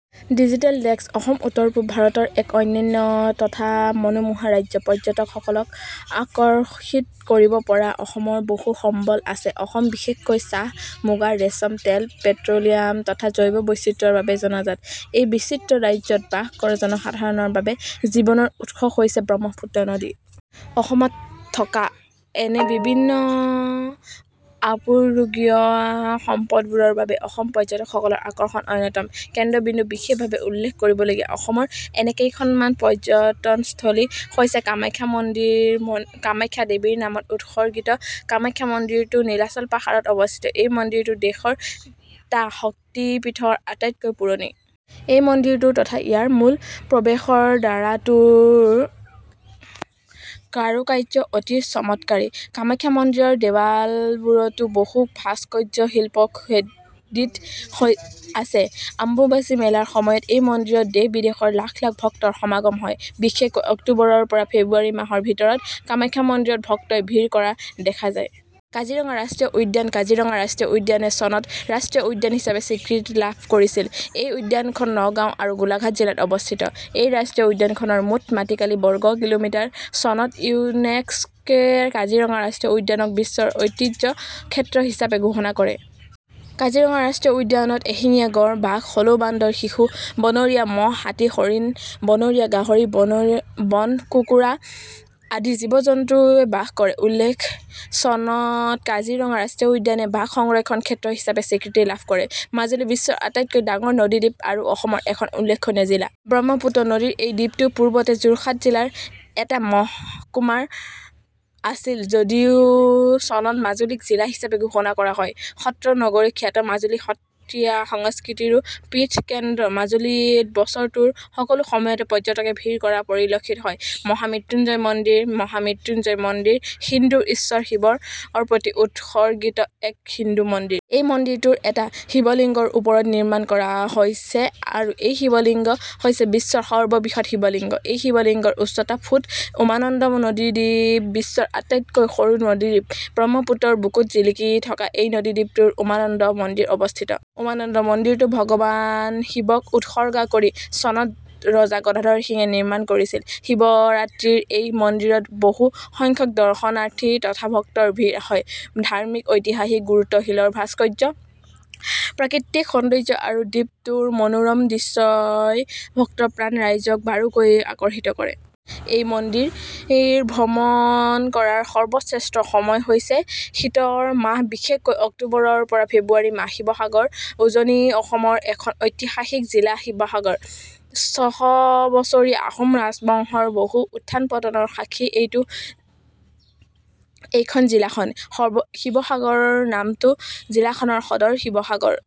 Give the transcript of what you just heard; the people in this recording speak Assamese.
ডিজিটেল ডেস্ক: অসম উত্তৰ-পূৱ ভাৰতৰ এক অনন্য তথা মনোমোহা ৰাজ্য। পৰ্যটক সকলক আৰ্কষিত কৰিব পৰা অসমত বহু সম্বল আছে। অসম বিশেষকৈ চাহ, মুগা ৰেচম, তেল-পেট্ৰ'লিয়াম তথা জৈৱ বৈচিত্ৰ্যৰ বাবে জনাজাত। এই বিচিত্ৰ ৰাজ্যত বাস কৰা জনসাধাৰণৰ বাবে জীৱনৰ উৎস হৈছে ব্ৰহ্মপুত্ৰ নদী। অসমত থকা এনে বিভিন্ন আপুৰুগীয়া সম্পদবোৰৰ বাবেই অসম পৰ্যটকসকলৰ আকৰ্ষণৰ অন্যতম কেন্দ্ৰবিন্দু বিশেষভাৱে উল্লেখ কৰিবলগীয়া অসমৰ এনে কেইখনমান পৰ্যটনস্থলী হৈছে- কামাখ্যা মন্দিৰ কামাখ্যা দেৱীৰ নামত উৎসৰ্গিত কামাখ্যা মন্দিৰটো নীলাচল পাহাৰত অৱস্থিত। এই মন্দিৰটো দেশৰ টা শক্তিপীঠৰ আটাইতকৈ পুৰণি। এই মন্দিৰটো তথা ইয়াৰ মূল প্ৰৱেশদ্বাৰটোৰ কাৰুকাৰ্য অতি চমৎকাৰী। কামাখ্যা মন্দিৰৰ দেৱালবোৰতো বহু ভাস্কৰ্যশিল্প খোদিত হৈ আছে। অম্বুবাচী মেলাৰ সময়ত এই মন্দিৰত দেশ-বিদেশৰ লাখ-লাখ ভক্তৰ সমাগম হয়। বিশেষকৈ অক্টোবৰৰ পৰা ফেব্ৰুৱাৰী মাহৰ ভিতৰত কামাখ্যা মন্দিৰত ভক্তই ভিৰ কৰা দেখা যায়। কাজিৰঙা ৰাষ্ট্ৰীয় উদ্যান কাজিৰঙা ৰাষ্ট্ৰীয় উদ্যানে চনত ৰাষ্ট্ৰীয় উদ্যান হিচাপে স্বীকৃতি লাভ কৰিছিল। এই উদ্যানখন নগাঁও আৰু গোলাঘাট জিলাত অৱস্থিত। এই ৰাষ্ট্ৰীয় উদ্যানখনৰ মুঠ মাটিকালি বৰ্গ কিলোমিটাৰ। চনত ইউনেস্ক'য়ে কাজিৰঙা ৰাষ্ট্ৰীয় উদ্যানক বিশ্ব ঐতিহ্য ক্ষেত্ৰ হিচাপে ঘোষণা কৰে। কাজিৰঙা ৰাষ্ট্ৰীয় উদ্যানত এশিঙীয়া গড়, বাঘ, হলৌ বান্দৰ, শিহু, বনৰীয়া মহ, হাতী, হৰিণ, বনৰীয়া গাহৰি, বন কুকুৰা আদি জীৱ-জন্তৱে বাস কৰে। উল্লেখ্য, চনত কাজিৰঙা ৰাষ্ট্ৰীয় উদ্যানে বাঘ সংৰক্ষণ ক্ষেত্ৰ হিচাপে স্বীকৃতি লাভ কৰে। মাজুলী বিশ্বৰ আটাইতকৈ ডাঙৰ নদীদ্বীপ আৰু অসমৰ এখন উল্লেখনীয় জিলা। ব্ৰহ্মপুত্ৰ নদীৰ এই দ্বীপটো পূৰ্বতে যোৰহাট জিলাৰ এটা মহকুমা আছিল যদিও চনত মাজুলীক জিলা হিচাপে ঘোষণা কৰা হয়। 'সত্ৰনগৰী' খ্যাত মাজুলী সত্ৰীয়া-সংস্কৃতিৰো পীঠকেন্দ্ৰ। মাজুলীত বছৰটোৰ সকলো সময়তে পৰ্যটকে ভিৰ কৰা পৰিলক্ষিত হয়। মহা মৃত্যুঞ্জয় মন্দিৰ মহা মৃত্যুঞ্জয় মন্দিৰ হিন্দুৰ ঈশ্বৰ শিৱৰ প্ৰতি উৎসৰ্গিত এক হিন্দু মন্দিৰ। এই মন্দিৰটো এটা শিৱলিংগৰ ৰূপত নিৰ্মাণ কৰা হৈছে আৰু এই শিৱলিংগ হৈছে বিশ্বৰ সৰ্ববৃহৎ শিৱলিঙ্গ। এই শিৱলিংগৰ উচ্চতা ফুট। উমানন্দ নদীদ্বীপ বিশ্বৰ আটাইতকৈ সৰু নদীদ্বীপ। ব্ৰহ্মপুত্ৰৰ বুকুত জিলিকি থকা এই নদীদ্বীপটোত উমানন্দ মন্দিৰ অৱস্থিত। উমানন্দ মন্দিৰটো ভগৱান শিৱক উৎসৰ্গা কৰি চনত ৰজা গদাধৰ সিঙে নিৰ্মাণ কৰিছিল। শিৱৰাত্ৰিত এই মন্দিৰত বহু সংখ্যক দৰ্শনাৰ্থী তথা ভক্তৰ ভিৰ হয়। ধাৰ্মিক, ঐতিহাসিক গুৰুত্ব, শিলৰ ভাস্কৰ্য, প্ৰাকৃতিক সৌন্দৰ্য আৰু দ্বীপটোৰ মনোৰম দৃশ্যই ভক্তপ্ৰাণ ৰাইজক বাৰুকৈয়ে আকৰ্ষিত কৰে। এই মন্দিৰ ভ্ৰমণ কৰাৰ সৰ্বশ্ৰেষ্ঠ সময় হৈছে শীতৰ মাহ বিশেষকৈ অক্টোবৰৰ পৰা ফেব্ৰুৱাৰী মাহ। শিৱসাগৰ উজনি অসমৰ এখন ঐতিহাসিক জিলা শিৱসাগৰ। ছশ বছৰীয়া আহোম ৰাজবংশৰ বহু উত্থান-পতনৰ সাক্ষী এইখন জিলাখন। শিৱসাগৰ নামটো জিলাখনৰ সদৰ শিৱসাগৰ